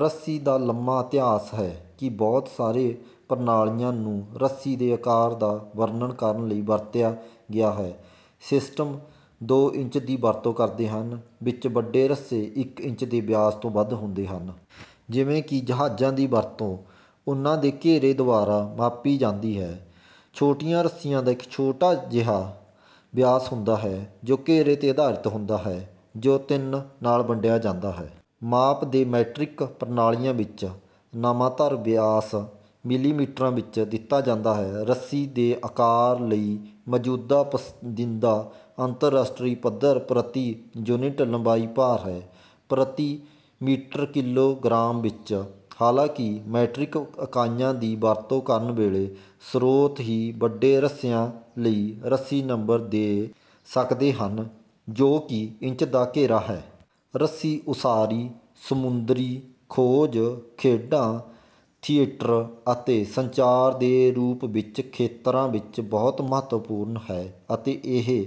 ਰੱਸੀ ਦਾ ਲੰਮਾ ਇਤਿਹਾਸ ਹੈ ਕਿ ਬਹੁਤ ਸਾਰੇ ਪ੍ਰਣਾਲੀਆਂ ਨੂੰ ਰੱਸੀ ਦੇ ਆਕਾਰ ਦਾ ਵਰਣਨ ਕਰਨ ਲਈ ਵਰਤਿਆ ਗਿਆ ਹੈ। ਸਿਸਟਮ ਜੋ "ਇੰਚ" ਦੀ ਵਰਤੋਂ ਕਰਦੇ ਹਨ, ਵਿੱਚ ਵੱਡੇ ਰੱਸੇ ਇੱਕ ਇੰਚ ਦੇ ਵਿਆਸ ਤੋਂ ਵੱਧ ਹੁੰਦੇ ਹਨ। ਜਿਵੇਂ ਕਿ ਜਹਾਜ਼ਾਂ ਦੀ ਵਰਤੋਂ ਉਹਨਾਂ ਦੇ ਘੇਰੇ ਦੁਆਰਾ ਮਾਪੀ ਜਾਂਦੀ ਹੈ। ਛੋਟੀਆਂ ਰੱਸੀਆਂ ਦਾ ਇੱਕ ਛੋਟਾ ਜਿਹਾ ਵਿਆਸ ਹੁੰਦਾ ਹੈ, ਜੋ ਘੇਰੇ 'ਤੇ ਆਧਾਰਿਤ ਹੁੰਦਾ ਹੈ, ਜੋ ਤਿੰਨ ਨਾਲ ਵੰਡਿਆ ਜਾਂਦਾ ਹੈ। ਮਾਪ ਦੇ ਮੈਟ੍ਰਿਕ ਪ੍ਰਣਾਲੀਆਂ ਵਿੱਚ, ਨਾਮਾਤਰ ਵਿਆਸ ਮਿਲੀਮੀਟਰਾਂ ਵਿੱਚ ਦਿੱਤਾ ਜਾਂਦਾ ਹੈ। ਰੱਸੀ ਦੇ ਆਕਾਰ ਲਈ ਮੌਜੂਦਾ ਪਸੰਦੀਦਾ ਅੰਤਰਰਾਸ਼ਟਰੀ ਪੱਧਰ ਪ੍ਰਤੀ ਯੂਨਿਟ ਲੰਬਾਈ ਭਾਰ ਹੈ, ਪ੍ਰਤੀ ਮੀਟਰ ਕਿਲੋਗ੍ਰਾਮ ਵਿੱਚ। ਹਾਲਾਂਕਿ, ਮੈਟ੍ਰਿਕ ਇਕਾਈਆਂ ਦੀ ਵਰਤੋਂ ਕਰਨ ਵਾਲੇ ਸਰੋਤ ਵੀ ਵੱਡੇ ਰੱਸਿਆਂ ਲਈ "ਰੱਸੀ ਨੰਬਰ" ਦੇ ਸਕਦੇ ਹਨ, ਜੋ ਕਿ ਇੰਚ ਦਾ ਘੇਰਾ ਹੈ। ਰੱਸੀ ਉਸਾਰੀ, ਸਮੁੰਦਰੀ, ਖੋਜ, ਖੇਡਾਂ, ਥੀਏਟਰ ਅਤੇ ਸੰਚਾਰ ਦੇ ਰੂਪ ਵਿੱਚ ਖੇਤਰਾਂ ਵਿੱਚ ਬਹੁਤ ਮਹੱਤਵਪੂਰਨ ਹੈ, ਅਤੇ ਇਹ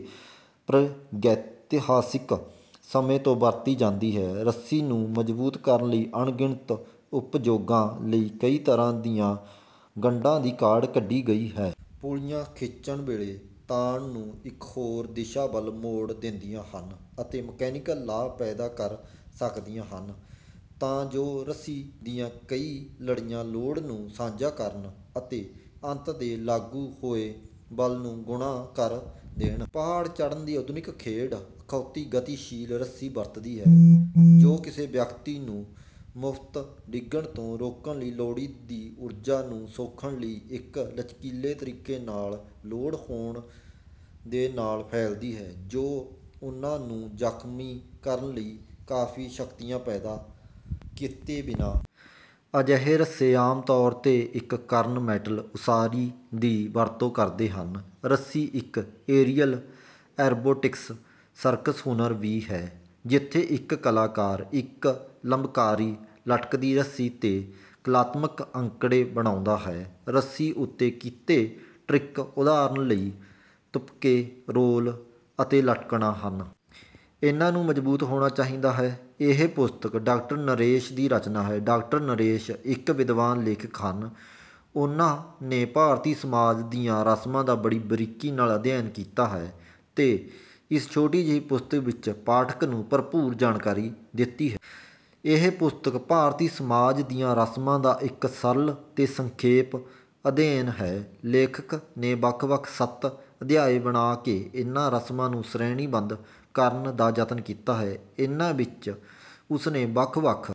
ਪ੍ਰਾਗੈਤਿਹਾਸਿਕ ਸਮੇਂ ਤੋਂ ਵਰਤੀ ਜਾਂਦੀ ਹੈ। ਰੱਸੀ ਨੂੰ ਮਜ਼ਬੂਤ ਕਰਨ ਲਈ, ਅਣਗਿਣਤ ਉਪਯੋਗਾਂ ਲਈ ਕਈ ਤਰ੍ਹਾਂ ਦੀਆਂ ਗੰਢਾਂ ਦੀ ਕਾਢ ਕੱਢੀ ਗਈ ਹੈ। ਪੁੱਲੀਆਂ ਖਿੱਚਣ ਵਾਲੇ ਤਾਣ ਨੂੰ ਇੱਕ ਹੋਰ ਦਿਸ਼ਾ ਵੱਲ ਮੋੜ ਦਿੰਦੀਆਂ ਹਨ ਅਤੇ ਮਕੈਨੀਕਲ ਲਾਭ ਪੈਦਾ ਕਰ ਸਕਦੀਆਂ ਹਨ, ਤਾਂ ਜੋ ਰੱਸੀ ਦੀਆਂ ਕਈ ਲੜੀਆਂ ਲੋਡ ਨੂੰ ਸਾਂਝਾ ਕਰਨ ਅਤੇ ਅੰਤ 'ਤੇ ਲਾਗੂ ਹੋਏ ਬਲ ਨੂੰ ਗੁਣਾ ਕਰ ਦੇਣ। ਪਹਾੜ ਚੜ੍ਹਨ ਦੀ ਆਧੁਨਿਕ ਖੇਡ ਅਖੌਤੀ "ਗਤੀਸ਼ੀਲ" ਰੱਸੀ ਵਰਤਦੀ ਹੈ, ਜੋ ਕਿਸੇ ਵਿਅਕਤੀ ਨੂੰ ਮੁਫ਼ਤ ਡਿੱਗਣ ਤੋਂ ਰੋਕਣ ਲਈ ਲੋੜੀਂਦੀ ਊਰਜਾ ਨੂੰ ਸੋਖਣ ਲਈ ਇੱਕ ਲਚਕੀਲੇ ਤਰੀਕੇ ਨਾਲ ਲੋਡ ਹੋਣ ਦੇ ਨਾਲ ਫੈਲਦੀ ਹੈ, ਜੋ ਉਹਨਾਂ ਨੂੰ ਜ਼ਖ਼ਮੀ ਕਰਨ ਲਈ ਕਾਫ਼ੀ ਸ਼ਕਤੀਆਂ ਪੈਦਾ ਕੀਤੇ ਬਿਨਾਂ। ਅਜਿਹੇ ਰੱਸੇ ਆਮ ਤੌਰ 'ਤੇ ਇੱਕ ਕਰਨਮੈਂਟਲ ਉਸਾਰੀ ਦੀ ਵਰਤੋਂ ਕਰਦੇ ਹਨ। ਰੱਸੀ ਇੱਕ ਏਰੀਅਲ ਐਰੋਬੈਟਿਕਸ ਸਰਕਸ ਹੁਨਰ ਵੀ ਹੈ, ਜਿੱਥੇ ਇੱਕ ਕਲਾਕਾਰ ਇੱਕ ਲੰਬਕਾਰੀ ਲਟਕਦੀ ਰੱਸੀ 'ਤੇ ਕਲਾਤਮਕ ਅੰਕੜੇ ਬਣਾਉਂਦਾ ਹੈ। ਰੱਸੀ ਉੱਤੇ ਕੀਤੇ ਟ੍ਰਿਕ, ਉਦਾਹਰਨ ਲਈ, ਤੁਪਕੇ, ਰੋਲ ਅਤੇ ਲਟਕਣਾ ਹਨ। ਇਹਨਾਂ ਨੂੰ ਮਜ਼ਬੂਤ ਹੋਣਾ ਚਾਹੀਦਾ ਹੈ। ਇਹ ਪੁਸਤਕ ਡਾਕਟਰ ਨਰੇਸ਼ ਦੀ ਰਚਨਾ ਹੈ। ਡਾਕਟਰ ਨਰੇਸ਼ ਇੱਕ ਵਿਦਵਾਨ ਲੇਖਕ ਹਨ। ਉਹਨਾਂ ਨੇ ਭਾਰਤੀ ਸਮਾਜ ਦੀਆਂ ਰਸਮਾਂ ਦਾ ਬੜੀ ਬਾਰੀਕੀ ਨਾਲ ਅਧਿਐਨ ਕੀਤਾ ਹੈ ਤੇ ਇਸ ਛੋਟੀ ਜਿਹੀ ਪੁਸਤਕ ਵਿੱਚ ਪਾਠਕ ਨੂੰ ਭਰਪੂਰ ਜਾਣਕਾਰੀ ਦਿੱਤੀ ਹੈ। ਇਹ ਪੁਸਤਕ ਭਾਰਤੀ ਸਮਾਜ ਦੀਆਂ ਰਸਮਾਂ ਦਾ ਇੱਕ ਸਰਲ ਤੇ ਸੰਖੇਪ ਅਧਿਐਨ ਹੈ। ਲੇਖਕ ਨੇ ਵੱਖ-ਵੱਖ ਸੱਤ ਅਧਿਆਇ ਬਣਾ ਕੇ ਇਹਨਾਂ ਰਸਮਾਂ ਨੂੰ ਸ਼੍ਰੇਣੀਬੱਧ ਕਰਨ ਦਾ ਯਤਨ ਕੀਤਾ ਹੈ। ਇਹਨਾਂ ਵਿੱਚ ਉਸ ਨੇ ਵੱਖ-ਵੱਖ